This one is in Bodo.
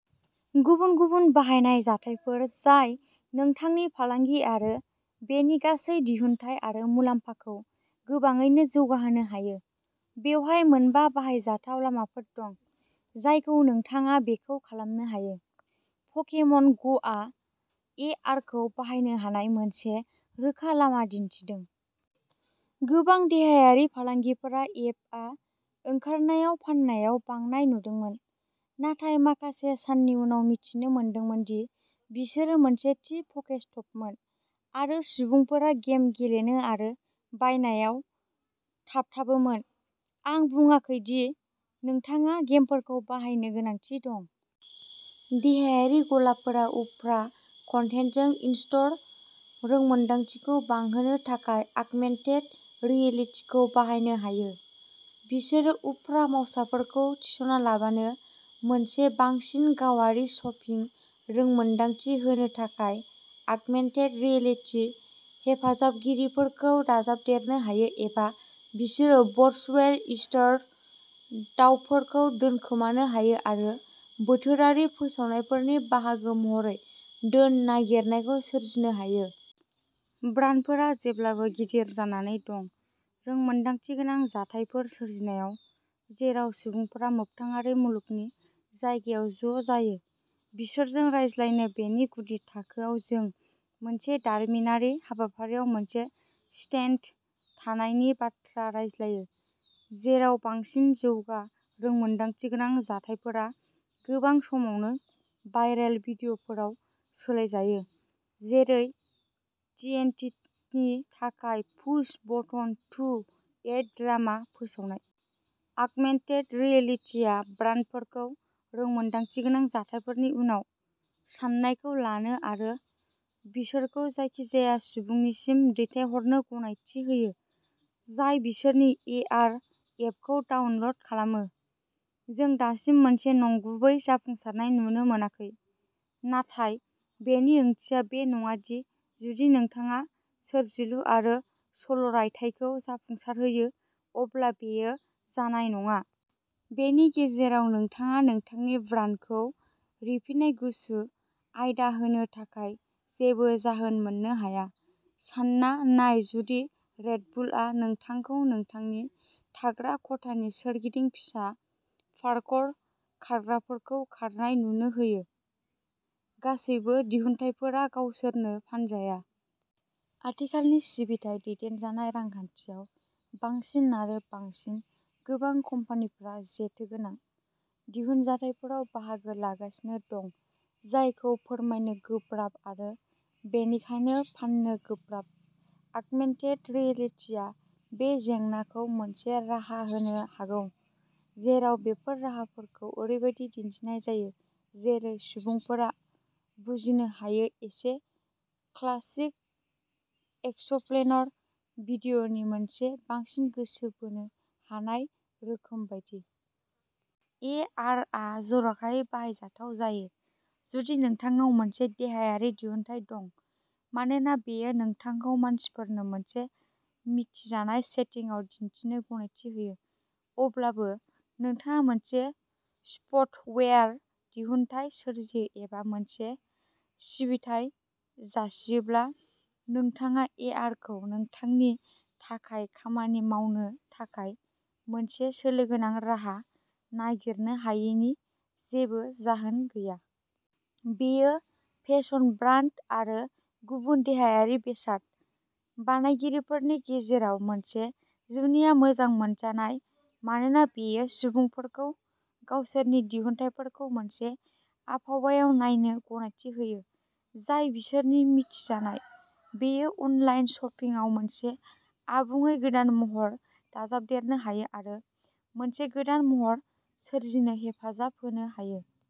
गुबुन-गुबुन बाहायनाय जाथायफोर जाय नोंथांनि फालांगि आरो बेनि गासै दिहुनथाइ आरो मुलाम्फाखौ गोबाङैनो जौगाहोनो हायो। बेवहाय मोनबा बाहायजाथाव लामाफोर दं जायखौ नोंथाङा बेखौ खालामनो हायो। पकेमन ग'आ ए आर खौ बाहायनो हानाय मोनसे रोखा लामा दिन्थिदों। गोबां देहायारि फालांगिफोरा एपआ ओंखारनायाव फाननायाव बांनाय नुदोंमोन, नाथाय माखासे साननि उनाव मिथिनो मोनदोंमोन दि बिसोरो मोनसे थि पकेस्टपमोन आरो सुबुंफोरा गेम गेलेनो आरो बायनायाव थाबथाबोमोन। आं बुंङाखै दि नोंथाङा गेमफोरखौ बाहायनो गोनांथि दं। देहायारि गलाफोरा उफ्रा कन्टेन्टजों इन-स्ट'र रोंमोनदांथिखौ बांहोनो थाखाय आगमेन्टेड रियेलिटिखौ बाहायनो हायो। बिसोरो उफ्रा मावसाफोरखौ थिसनालाबानो मोनसे बांसिन गावारि शपिं रोंमोनदांथि होनो थाखाय आगमेन्टेड रियेलिटि हेफाजाबगिरिफोरखौ दाजाबदेरनो हायो एबा बिसोरो भर्चुवेल ईस्टार दावफोरखौ दोनखोमानो हायो आरो बोथोरारि फोसावनायफोरनि बाहागो महरै धोन नागिरनायखौ सोरजिनो हायो। ब्रान्डफोरा जेब्लाबो गिदिर जानानै दं। रोंमोन्दांथिगोनां जाथायफोर सोरजिनायाव जेराव सुबुंफोरा मोगथाङारि मुलुगनि जायगायाव ज'जायो बिसोरजों रायज्लायनो। बेनि गुदि थाखोआव, जों मोनसे दारिमिनारि हाबाफारियाव मोनसे स्टेन्ड थानायनि बाथ्रा रायज्लायो, जेराव बांसिन जौगा रोंमोन्दांथिगोनां जाथायफोरा गोबां समावनो भाइरेल भिडिय'फोराव सोलायजायो, जेरै टिएनटिनि थाखाय push button to add drama फोसावनाय। आगमेन्टेड रियेलिटिआ ब्रान्डफोरखौ रोंमोन्दांथिगोनां जाथायफोरनि उननि साननायखौ लानो आरो बिसोरखौ जायखिजाया सुबुंनिसिम दैथायहरनो गनायथि होयो जाय बिसोरनि एआर एपखौ डाउनल'ड खालामो। जों दासिम मोनसे नंगुबै जाफुंसारनाय नुनो मोनाखै, नाथाय बेनि ओंथिया बे नङा दि जुदि नोंथाङा सोरजिलु आरो सल'रायथाइखौ जाफुंसारहोयो अब्ला बेयो जानाय नङा। बेनि गेजेराव, नोंथाङा नोंथांनि ब्रान्डखौ रिफिनाय गुसु आयदा होनो थाखाय जेबो जाहोन मोननो हाया। सानना नाय जुदि रेड बुलआ नोंथांखौ नोंथांनि थाग्रा खथानि सोरगिदिं फिसा पार्कर खारग्राफोरखौ खारनाय नुनो होयो। गासैबो दिहुनथायफोरा गावसोरनो फानजाया। आथिखालनि सिबिथाइ-दैदेनजानाय रांखान्थियाव, बांसिन आरो बांसिन। गोबां कम्पानिफोरा जेथो गोनां दिहुनथायफोराव बाहागो लांगासिनो दं, जायखौ फोरमायनो गोब्राब आरो बेनिखायनो फाननो गोब्राब। आगमेन्टेड रियेलिटिआ बे जेंनाखौ मोनसे राहा होनो हागौ, जेराव बेफोर राहाफोरखौ ओरैबायदि दिन्थिनाय जायो, जेरै सुबुंफोरा बुजिनो हायो, एसे क्लासिक एक्सप्लेनार भिडिय'नि मोनसे बांसिन गोसो बोनो हानाय रोखोम बायदि। ए आर आ जर'खायै बाहायजाथाव जायो जुदि नोंथांनाव मोनसे देहायारि दिहुनथाय दं मानोना बेयो नोंथांखौ मानसिफोरनो मोनसे मिथिजानाय सेटिंआव दिन्थिनो गनायथि होयो। अब्लाबो, नोंथाङा मोनसे सफ्टवेयार दिहुनथाय सोरजियो एबा मोनसे सिबिथाइ जासियोब्ला, नोंथाङा ए आर खौ नोंथांनि थाखाय खामानि मावनो थाखाय मोनसे सोलो गोनां राहा नागिरनो हायैनि जेबो जाहोन गैया। बेयो फेसन ब्रान्ड आरो गुबुन देहायारि बेसाद बानायगिरिफोरनि गेजेराव मोनसे जुनिया मोजां मोनजानाय मानोना बेयो सुबुंफोरखौ गावसोरनि दिहुनथायफोरखौ मोनसे आबहावायाव नायनो गनायथि होयो जाय बिसोरनो मिथिजानाय। बेयो अनलाइन शपिंआव मोनसे आबुङै गोदान महर दाजाबदेरनो हायो आरो मोनसे गोदान महर सोरजिनो हेफाजाब होनो हायो।